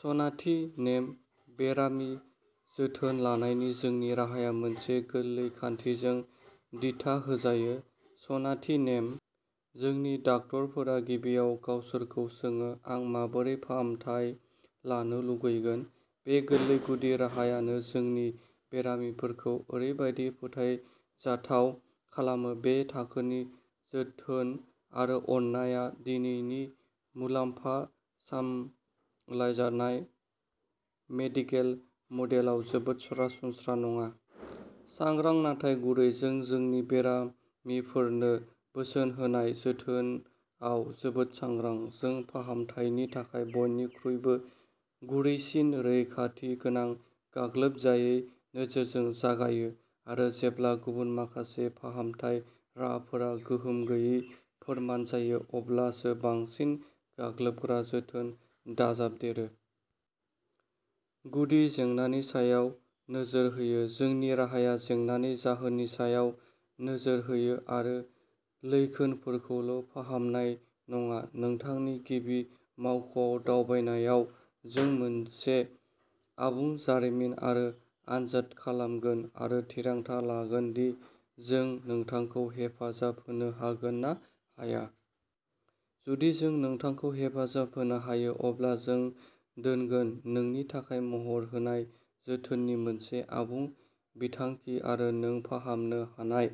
सनाथि नेम। बेरामि जोथोन लानायनि जोंनि राहाया मोनसे गोरलै खान्थिजों दिथा होजायो, सनाथि नेम। जोंनि डाक्टारफोरा गिबियाव गावसोरखौ सोङो, "आं माबोरै फाहामथाय लानो लुबैगोन?" बे गोरलै गुदि राहायानो जोंनि बेरामिफोरखौ ओरैबादि फोथायजाथाव खालामो, बे थाखोनि जोथोन आरो अननायआ दिनैनि "मुलाम्फा-सामलायजानाय" मेडिकेल मडेलाव जोबोद सरासनस्रा नङा। सांग्रां, नाथाय गुरै। जों जोंनि बेरामिफोरनो बोसोन होनाय जोथोनआव जोबोद सांग्रां। जों फाहामथायनि थाखाय बयनिख्रुइबो गुरैसिन, रैखाथि गोनां गाग्लोबजायै नोजोरजों जागायो आरो जेब्ला गुबुन माखासे फाहामथाय राहाफोरा गोहोम गैयै फोरमान जायो अब्लासो बांसिन गाग्लोबग्रा जोथोन दाजाबदेरो। गुदि जेंनानि सायाव नोजोर होयो। जोंनि राहाया जेंनानि जाहोननि सायाव नोजोर होयो आरो लैखोनफोरखौल' फाहामनाय नङा। नोंथांनि गिबि मावख'आव दावबायनायाव जों मोनसे आबुं जारिमिन आरो आनजाद खालामगोन आरो थिरांथा लागोन दि जों नोंथांखौ हेफाजाब होनो हागोन ना हाया। जुदि जों नोंथांखौ हेफाजाब होनो हायो, अब्ला जों दोनगोन। नोंनि थाखाय महर होनाय जोथोननि मोनसे आबुं बिथांखि आरो नों फाहामनो हानाय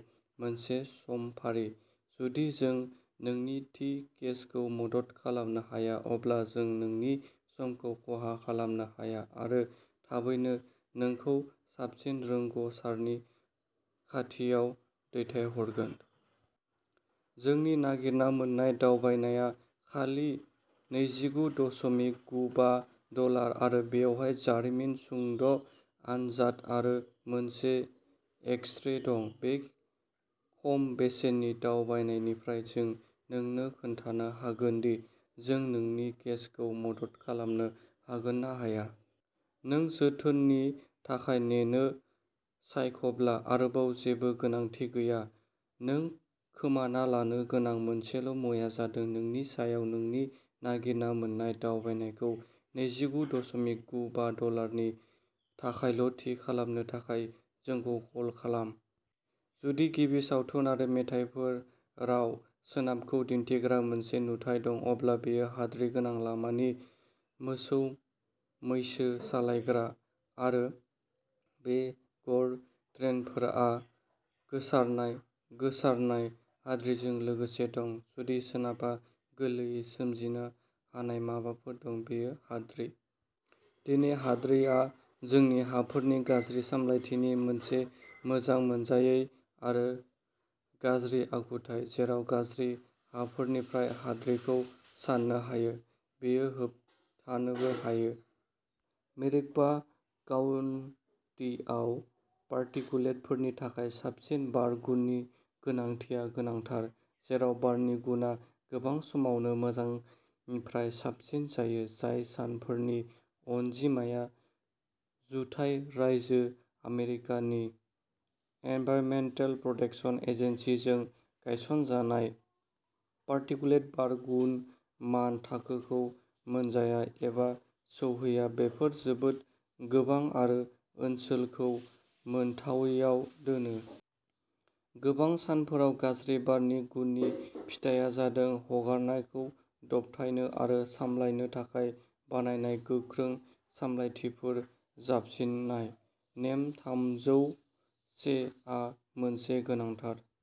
मोनसे समफारि। जुदि जों नोंनि थि केसखौ मदद खालामनो हाया अब्ला जों नोंनि समखौ खहा खालामनो हाया आरो थाबैनो नोंखौ साबसिन रोंग'सारनि खाथियाव दैथायहरगोन। जोंनि नागिरना मोन्नाय दावबायनाया खालि नैजिगु दस'मिक गु बा डलार आरो बेयाव जारिमिन, सुंद' आनजाद आरो मोनसे एक्स-रे दं। बे खम बेसेननि दावबायनायनिफ्राय जों नोंनो खोन्थानो हागोन दि जों नोंनि केसखौ मदद खालामनो हागोन ना हाया। नों जोथोननि थाखाय नेनो सायख'ब्ला आरोबाव जेबो गोनांथि गैया। नों खोमाना लानो गोनां मोनसेल' मुवाया जादों नोंनि सायाव, नोंनि नागिरना मोन्नाय दावबायनायखौ नैजिगु दस'मिक गु बा डलार नि थाखायल' थि खालामनो थाखाय जोंखौ कल खालाम। जुदि गिबि सावथुन आरो मेथाइफोराव सोनाबखौ दिन्थिग्रा मोनसे नुथाइ दं, अब्ला बेयो हाद्रि गोनां लामानि। मोसौ-मैसो सालायग्रा आरो बेगर ट्रेनफोरा गोसारनाय, गोसारनाय हाद्रिजों लोगोसे दं। जुदि सोनाबहा गोरलैयै सोमजिनो हानाय माबाफोर दं, बेयो हाद्रि। दिनै, हाद्रि आ जोंनि हाफोरनि गाज्रि सामलायथिनि मोनसे मोजां मोनजायै आरो गाज्रि आखुथाय। जेराव गाज्रि हाफोरनिफ्राय हाद्रिखौ सान्नो हायो, बेयो होबथानोबो हायो। मेरिक'पा काउन्टिआव पार्टिकुलेटफोरनि थाखाय साबसिन बार गुननि गोनांथिआ गोनांथार। जेराव बारनि गुनआ गोबां समावनो मोजांनिफ्राय साबसिन जायो, जाय सानफोरनि अनजिमाया जुथाइ रायजो आमेरिकानि एनभाइरनमेन्टेल प्रटेक्शन एजेन्सि जों गायसनजानाय पार्टिकुलेट बार गुन मान थाखोखौ मोनजाया एबा सौहैया, बेफोर जोबोद गोबां आरो ओनसोलखौ मोनथावैआव दोनो। गोबां सानफोराव गाज्रि बारनि गुननि फिथाइआ जादों हगारनायखौ दबथायनो आरो सामलायनो थाखाय बानायनाय गोख्रों सामलायथिफोर जाबसिननाय। नेम थामजौ से आ मोनसे गोनांथार।